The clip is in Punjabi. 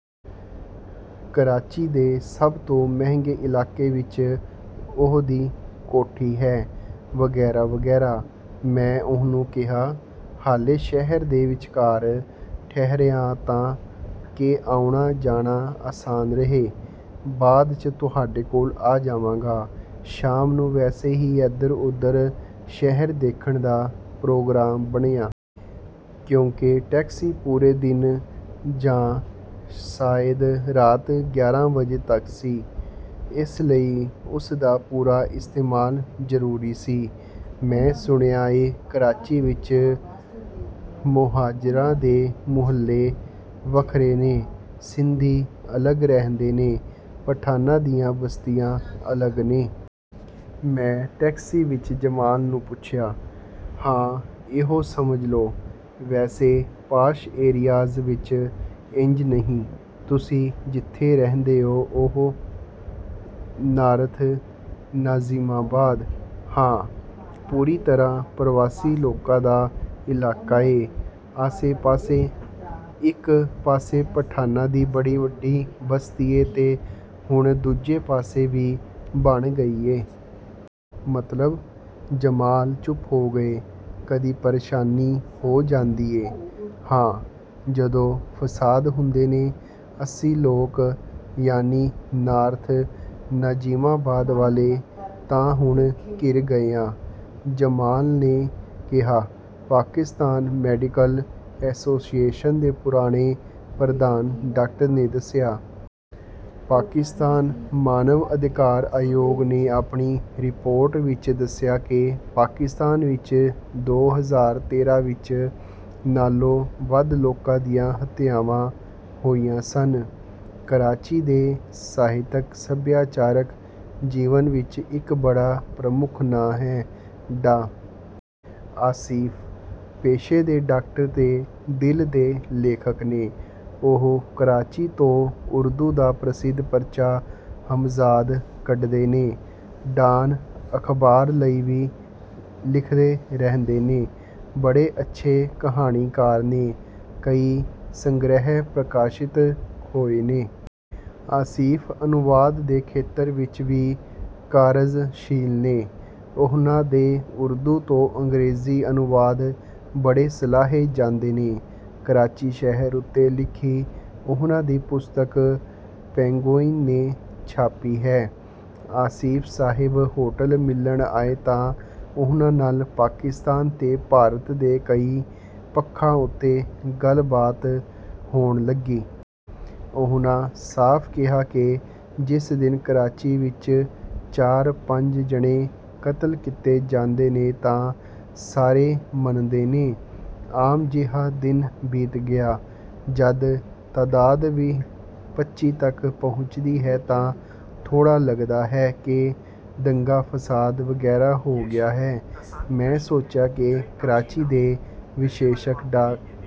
ਕਰਾਚੀ ਦੇ ਸਭ ਤੋਂ ਮਹਿੰਗੇ ਇਲਾਕੇ ਵਿੱਚ ਉਹਦੀ ਕੋਠੀ ਹੈ... ਵਗ਼ੈਰਾ... ਵਗ਼ੈਰਾ...। ਮੈਂ ਉਹਨੂੰ ਕਿਹਾ, "ਹਾਲੇ ਸ਼ਹਿਰ ਦੇ ਵਿਚਕਾਰ ਠਹਿਰਿਆ ਆਂ ਤਾਂ ਕਿ ਆਉਣਾ-ਜਾਣਾ ਆਸਾਨ ਰਹੇ... ਬਾਅਦ 'ਚ ਤੁਹਾਡੇ ਕੋਲ ਆ ਜਾਵਾਂਗਾ।" ਸ਼ਾਮ ਨੂੰ ਵੈਸੇ ਹੀ ਇਧਰ-ਉਧਰ ਸ਼ਹਿਰ ਦੇਖਣ ਦਾ ਪ੍ਰੋਗਰਾਮ ਬਣਿਆ। ਕਿਉਂਕਿ ਟੈਕਸੀ ਪੂਰੇ ਦਿਨ, ਜਾਂ ਸ਼ਾਇਦ ਰਾਤ ਗਿਆਰਾਂ ਵਜੇ ਤੱਕ ਸੀ, ਇਸ ਲਈ ਉਸਦਾ ਪੂਰਾ ਇਸਤੇਮਾਲ ਜ਼ਰੂਰੀ ਸੀ। "ਮੈਂ ਸੁਣਿਆ ਏ, ਕਰਾਚੀ ਵਿੱਚ ਮੋਹਾਜਿਰਾਂ ਦੇ ਮੁਹੱਲੇ ਵੱਖਰੇ ਨੇ, ਸਿੰਧੀ ਅਲੱਗ ਰਹਿੰਦੇ ਨੇ, ਪਠਾਨਾਂ ਦੀਆਂ ਬਸਤੀਆਂ ਅਲੱਗ ਨੇ..." ਮੈਂ ਟੈਕਸੀ ਵਿੱਚ ਜਮਾਲ ਨੂੰ ਪੁੱਛਿਆ। "ਹਾਂ... ਇਹੋ ਸਮਝ ਲਓ... ਵੈਸੇ ਪਾਸ਼ ਏਰੀਆਜ਼ ਵਿੱਚ ਇੰਜ ਨਹੀਂ...।" "ਤੁਸੀਂ ਜਿੱਥੇ ਰਹਿੰਦੇ ਓ, ਓਹ...?" "ਨਾਰਥ ਨਾਜਿਮਾਬਾਦ... ਹਾਂ, ਪੂਰੀ ਤਰ੍ਹਾਂ ਪਰਵਾਸੀ ਲੋਕਾਂ ਦਾ ਇਲਾਕਾ ਏ।" "ਆਸੇ-ਪਾਸੇ?" "ਇੱਕ ਪਾਸੇ ਪਠਾਨਾਂ ਦੀ ਬੜੀ ਵੱਡੀ ਬਸਤੀ ਏ ਤੇ ਹੁਣ ਦੂਜੇ ਪਾਸੇ ਵੀ ਬਣ ਗਈ ਏ... ਮਤਲਬ..." ਜਮਾਲ ਚੁੱਪ ਹੋ ਗਏ। "ਕਦੀ ਪ੍ਰੇਸ਼ਾਨੀ ਹੋ ਜਾਂਦੀ ਏ?" "ਹਾਂ, ਜਦੋਂ ਫਸਾਦ ਹੁੰਦੇ ਨੇ... ਅਸੀਂ ਲੋਕ, ਯਾਨੀ ਨਾਰਥ ਨਾਜਿਮਾਬਾਦ ਵਾਲੇ, ਤਾਂ ਹੁਣ ਘਿਰ ਗਏ ਆਂ...।" ਜਮਾਲ ਨੇ ਕਿਹਾ। ਪਾਕਿਸਤਾਨ ਮੈਡੀਕਲ ਐਸੋਸੀਏਸ਼ਨ ਦੇ ਪੁਰਾਣੇ ਪ੍ਰਧਾਨ ਡਾਕਟਰ ਨੇ ਦੱਸਿਆ। ਪਾਕਿਸਤਾਨ ਮਾਨਵ ਅਧਿਕਾਰ ਆਯੋਗ ਨੇ ਆਪਣੀ ਰਿਪੋਰਟ ਵਿੱਚ ਦੱਸਿਆ ਕਿ ਪਾਕਿਸਤਾਨ ਵਿੱਚ ਦੋ ਹਜ਼ਾਰ ਤੇਰਾਂ ਵਿੱਚ ਨਾਲੋਂ ਵੱਧ ਲੋਕਾਂ ਦੀਆਂ ਹੱਤਿਆਵਾਂ ਹੋਈਆਂ ਸਨ। ਕਰਾਚੀ ਦੇ ਸਾਹਿਤਕ-ਸੱਭਿਆਚਾਰਕ ਜੀਵਨ ਵਿੱਚ ਇੱਕ ਬੜਾ ਪ੍ਰਮੁੱਖ ਨਾਂ ਹੈ, ਡਾ. ਆਸਿਫ। ਪੇਸ਼ੇ ਦੇ ਡਾਕਟਰ ਤੇ ਦਿਲ ਦੇ ਲੇਖਕ ਨੇ। ਉਹ ਕਰਾਚੀ ਤੋਂ ਉਰਦੂ ਦਾ ਪ੍ਰਸਿੱਧ ਪਰਚਾ 'ਹਮਜ਼ਾਦ' ਕੱਢਦੇ ਨੇ। 'ਡਾਨ' ਅਖ਼ਬਾਰ ਲਈ ਵੀ ਲਿਖਦੇ ਰਹਿੰਦੇ ਨੇ। ਬੜੇ ਅੱਛੇ ਕਹਾਣੀਕਾਰ ਨੇ। ਕਈ ਸੰਗ੍ਰਹਿ ਪ੍ਰਕਾਸ਼ਿਤ ਹੋਏ ਨੇ। ਆਸਿਫ ਅਨੁਵਾਦ ਦੇ ਖੇਤਰ ਵਿੱਚ ਵੀ ਕਾਰਜਸ਼ੀਲ ਨੇ। ਉਹਨਾਂ ਦੇ ਉਰਦੂ ਤੋਂ ਅੰਗਰੇਜ਼ੀ ਅਨੁਵਾਦ ਬੜੇ ਸਲਾਹੇ ਜਾਂਦੇ ਨੇ। ਕਰਾਚੀ ਸ਼ਹਿਰ ਉੱਤੇ ਲਿਖੀ ਉਹਨਾਂ ਦੀ ਪੁਸਤਕ 'ਪੇਂਗੁਇਨ' ਨੇ ਛਾਪੀ ਹੈ। ਆਸਿਫ ਸਾਹਿਬ ਹੋਟਲ ਮਿਲਣ ਆਏ ਤਾਂ ਉਹਨਾਂ ਨਾਲ ਪਾਕਿਸਤਾਨ ਤੇ ਭਾਰਤ ਦੇ ਕਈ ਪੱਖਾਂ ਉੱਤੇ ਗੱਲਬਾਤ ਹੋਣ ਲੱਗੀ। ਉਹਨਾਂ ਸਾਫ਼ ਕਿਹਾ ਕਿ ਜਿਸ ਦਿਨ ਕਰਾਚੀ ਵਿੱਚ ਚਾਰ-ਪੰਜ ਜਣੇ ਕਤਲ ਕੀਤੇ ਜਾਂਦੇ ਨੇ ਤਾਂ ਸਾਰੇ ਮੰਨਦੇ ਨੇ, ਆਮ ਜਿਹਾ ਦਿਨ ਬੀਤ ਗਿਆ। ਜਦ ਤਾਦਾਦ ਵੀਹ-ਪੱਚੀ ਤੱਕ ਪਹੁੰਚਦੀ ਹੈ ਤਾਂ ਥੋੜ੍ਹਾ ਲੱਗਦਾ ਹੈ ਕਿ ਦੰਗਾ-ਫਸਾਦ ਵਗ਼ੈਰਾ ਹੋ ਗਿਆ ਹੈ। ਮੈਂ ਸੋਚਿਆ ਕਿ ਕਰਾਚੀ ਦੇ ਵਿਸ਼ੇਸ਼ਕ ਡਾ....